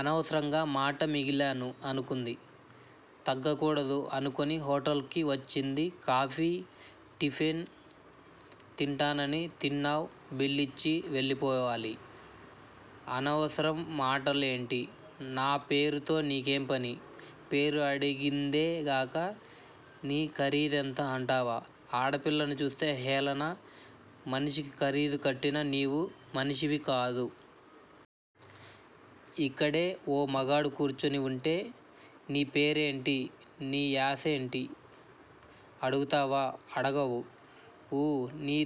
అనవసరంగా మాట మిగిలాను అనుకుంది. తగ్గకూడదు అనుకుని హొటల్ కి వచ్చింది కాఫీ, టిఫెన్ తింటానని- తిన్నావ్, బిల్లిచ్చి, వెళ్ళిపోవాలి. అనవసరం మాటలేంటి? నా పేరుతో నీకేం పని? పేరు అడిగిందే గాక, నీ ఖరీదెంత అంటావా? ఆడ పిల్లని చూస్తే హేళన! మనిషికి ఖరీదు కట్టిన నీవు మనిషివికాదు. ఇక్కడే ఓ మగాడు కూర్చొని వుంటే నీ పేరేంటి? నీ యసేంటి? అడుగుతావా? అడగవు. ఊ నీ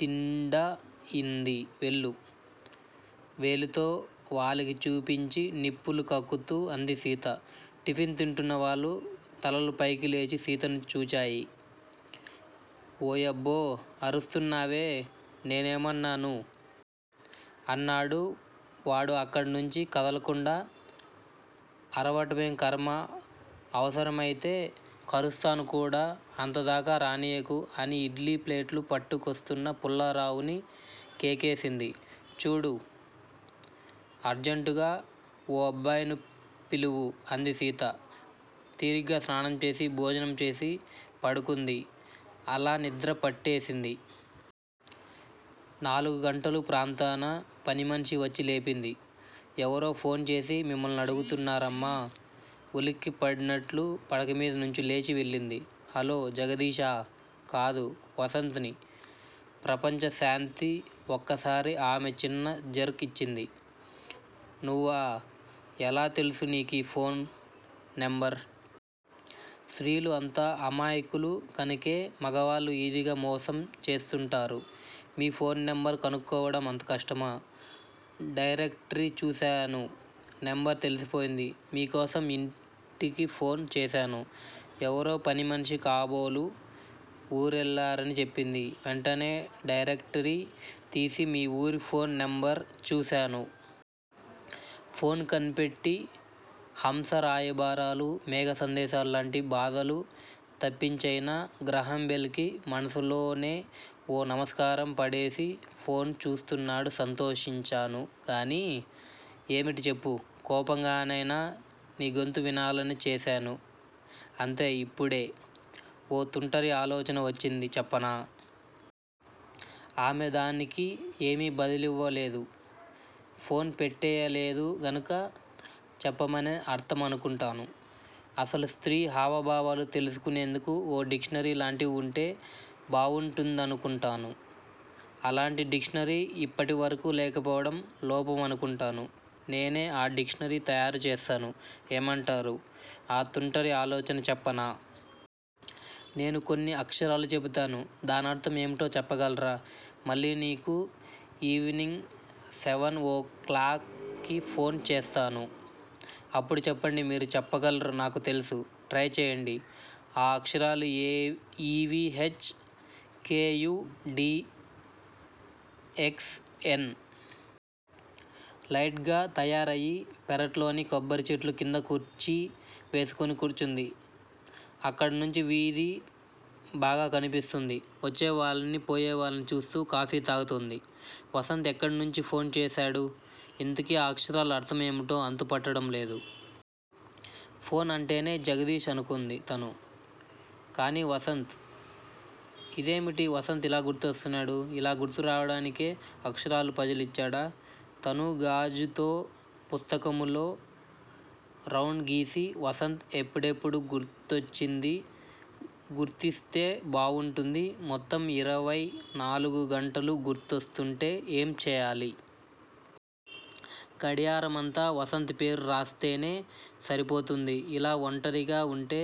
తిండయింది వెళ్లు. వేలితో వాలికి చూపించి నిప్పులు కక్కుతూ అంది సీత. టిఫెన్ తింటున్న వాళ్లు తలలు పైకి లేచి సీతని చూచాయి. ఓయబ్బో అరుస్తున్నావే? నేనేమన్నాను? అన్నాడు వాడు అక్కడ నుంచి కదలకుండా. అరవటమేం ఖర్మ అవసరమయితే కరుస్తాను కూడా! అంత దాకా రానీయకు. అని ఇడ్లీ ప్లేట్లు పట్టుకోస్తున్న పుల్లారావుని కేకేసింది. చూడు. అర్జంటుగా ఓఅబ్బాయిని పిలువు అంది సీత. తీరిగ్గా స్నానం చేసి, భోజనం చేసి పడుకుంది. అలా నిద్రపట్టేసింది. నాలుగు గంటలు ప్రాంతాన పనిమనిషి వచ్చి లేపింది. ఎవరో ఫోన్ చేసి మిమ్మల్నడుగుతున్నారమ్మా ఉలిక్కి పడినట్లు పడకమీద నుంచి లేచి వెళ్ళింది. హలో! జగదీషా! కాదు వసంత్ ని ప్రపంచ శాంతి ఒక్కసారి ఆమె చిన్న జర్క్ ఇచ్చింది. నువ్వా! ఎలా తెలుసు నీకీ ఫోన్ నెంబర్? స్త్రీలు అంత త అమాయకులు కనుకే మగవాళ్ళు ఈజీగా మోసం చేస్తుంటారు. మీ ఫోన్ నెంబర్ కనుక్కోవడం అంత కష్టమా? డైరెక్టరీ చూశాను. నెంబరు తెలిసిపోయింది. మీకోసం ఇంటికి ఫోన్ చేశాను. ఎవరో పనిమనిషి కాబోలు ఊరెళ్ళారని చెప్పింది. వెంటనే డైరెక్టరీ తీసి మీ ఊరి ఫోన్ నెంబర్ చూశాను. ఫోన్ కనిపెట్టి హంస రాయబారాలు, మేఘ సందేశాలు లాంటి బాధలు తప్పించైనా గ్రాహంబెల్ కి మనసులోనే ఓ నమస్కారం పడేసి ఫోన్ చూస్తున్నాడు సంతోషించాను గానీ, ఏమిటి చెప్పు? కోపంగానైనా మీ గొంతు వినాలని చేశాను అంతే ఇప్పుడే ఓ తుంటరి ఆలోచన వచ్చింది చెప్పనా? ఆమె దానికి ఏమీ బదులివ్వలేదు. ఫోన్ పెట్టేయలేదు గనుక చెప్పమనే అర్ధమనుకుంటాను. అసలు స్త్రీ హావ భావాలు తెలుసుకునేందుకు ఓ డిక్షనరీ లాంటిది వుంటే బావుంటుందనుకుంటాను. అలాంటి డిక్షనరీ ఇప్పటి వరకూ లేకపోవడం లోపమనుకుంటాను. నేనే ఆ డిక్షనరీ తయారు చేస్తాను. ఏమంటారు? ఆ తుంటరి ఆలోచనా చెప్పనా? నేను కొన్ని అక్షరాలు చెబుతాను. దానర్ధం ఏమిటో చెప్పగలరా? మళ్ళీ నీకు ఈవినింగ్ సెవన్ ఓ క్లాక్ కి ఫోన్ చేస్తాను. అప్పుడు చెప్పండి మీరు చెప్పగలరు నాకు తెలుసు. ట్రై చేయండి. ఆ అక్షరాలు ఇవీ H. K. U. D. X. N. Light గా తయారయి పెరట్లోని కొబ్బరిచెట్ల కింద కుర్చీ వేసుకుని కూర్చుంది. అక్కడి నుండి వీధి బాగా కనిపిస్తుంది. వచ్చే వాళ్ళనీ పోయేవాళ్ళనీ చూస్తూ కాఫీ తాగుతోంది. వసంత్ ఎక్కడి నుంచి ఫోన్ చేశాడు. ఇంతకీ ఆ అక్షరాల అర్ధం ఏమిటో అంతు పట్టడం లేదు. ఫోన్ అంటేనే జగదీష్ అనుకొంది తను. కానీ వసంత్. ఇదేమిటి వసంత్ ఇలా గురొస్తున్నాడు. ఇలా గుర్తురావడానికే అక్షరాల పజిల్ ఇచ్చాడా? తనూ గాజుతో పుస్తకములో రౌండ్ గీసి వసంత్ ఎప్పుడెప్పుడూ గుర్తొచ్చింది గుర్తిస్తే బావుంటుంది. మొత్తం ఇరవై నాలుగు గంటలూ గుర్తొస్తుంటే ఏం చేయాలి. గడియారమంతా వసంత్ పేరు రాస్తేనే సరిపోతుంది. ఇలా ఒంటరిగా వుంటే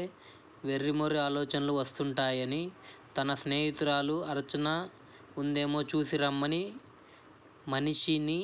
వెర్రిమొర్రి ఆలోచనలు వస్తుంటాయని తన స్నేహితురాలు అర్చన వుందేమో చూసి రమ్మని మనిషిని